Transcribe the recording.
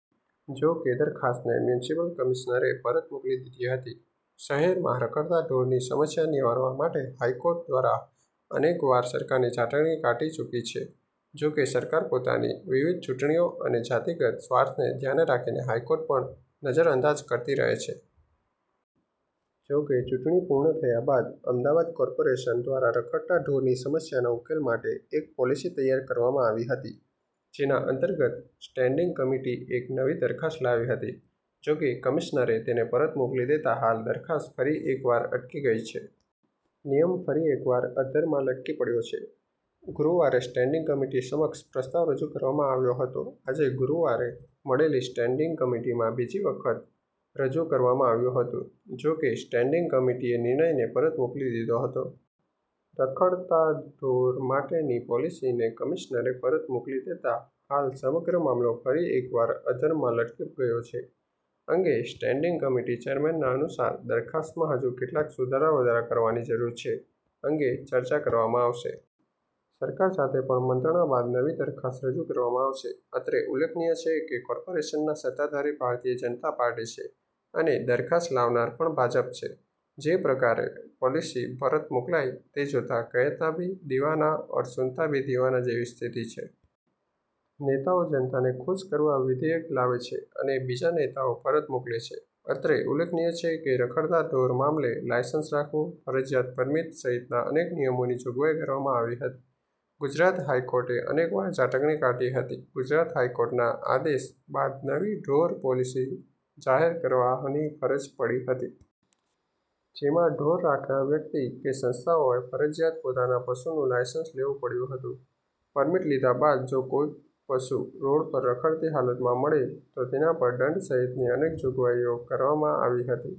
જો કેદરખાસ્તને મ્યુનિસિપલ કમિશનરે પરત મોકલી દીધી હતી. શહેરમાં રખડતા ઢોરની સમસ્યા નિવારવા માટે હાઇકોર્ટ દ્વારા અનેકવાર સરકારની ઝાટકણી કાઢી ચુકી છે. જો કે સરકાર પોતાની વિવિધ ચૂંટણીઓ અને જાતીગત સ્વાર્થને ધ્યાને રાખીને હાઇકોર્ટને પણ નજર અંદાજ કરતી રહે છે. જો કે ચૂંટણી પુર્ણ થયા બાદ અમદાવાદ કોર્પોરેશન દ્વારા રખડતા ઢોરની સમસ્યાના ઉકેલ માટે એક પોલિસી તૈયાર કરવામાં આવી હતી. જેના અંતર્ગત સ્ટેન્ડિંગ કમિટી એક નવી દરખાસ્ત લાવી હતી. જો કે કમિશ્નરે તેને પરત મોકલી દેતા હાલ દરખાસ્ત ફરી એકવાર લટકી ગઇ છે. નિયમ ફરી એકવાર અધરમાં લટકી પડ્યો છે. ગુરૂવારે સ્ટેન્ડિંગ કમિટી સમક્ષ પ્રસ્તાવ રજુ કરવામાં આવ્યો હતો આજે ગુરુવારે મળેલી સ્ટેન્ડિંગ કમિટીમાં બીજી વખતરજુ કરવામાં આવ્યું હતું. જો કે સ્ટેન્ડિંગ કમિટીએનિર્ણયને પરત મોકલી દીધો હતો. રખડતા ઢોર માટેની પોલીસીને કમિશનરે પરત મોકલી દેતા હાલ સમગ્ર મામલો ફરી એકવાર અધરમાં લટકી ગયો છે. અંગે સ્ટેન્ડિંગ કમિટી ચેરમેનના અનુસાર દરખાસ્તમાં હજુ કેટલાક સુધારા વધારા કરવાની જરૂર છે. અંગે ચર્ચા કરવામાં આવશે. સરકાર સાથે પણ મંત્રણા બાદ નવી દરખાસ્ત રજુ કરવામાં આવશે. અત્રે ઉલ્લેખનીય છે કે, કોર્પોરેશનના સત્તાધારી ભારતીય જનતા પાર્ટીછે અને દરખાસ્ત લાવનાર પણ ભાજપછે. જે પ્રકારે પોલિસી પરત મોકલાઇ તે જોતા કહેતા ભી દિવાના અને સુનતા ભી દિવાના જેવી સ્થિતિ છે. નેતાઓજનતાને ખુશ કરવા વિધેયક લાવે છે અને બીજા નેતાઓ પરત મોકલે છે. અત્રે ઉલ્લેખનીય છે કે રખડતાં ઢોર મામલે લાયસન્સ રાખવું, ફરજિયાત પરમીટ સહિતના અનેક નિયમોની જોગવાઇ કરવામાં આવી હતી. ગુજરાત હાઇકોર્ટે અનેકવાર ઝાટકણી કાઢી હતી ગુજરાત હાઇકોર્ટના આદેશ બાદનવી ઢોર પોલીસી જાહેર કરવાની ફરજ પડી હતી. જેમાં ઢોર રાખનાર વ્યક્તિ કે સંસ્થાઓએ ફરજીયાત પોતાના પશુનું લાયસન્સ લેવું પડતું હતું. પરમીટ લીધા બાદ જો કોઇ પશુ રોડ પર રખડતી હાલતમાં મળે તો તેના પર દંડ સહિતની અનેગ જોગવાઇઓ કરવામાં આવી હતી.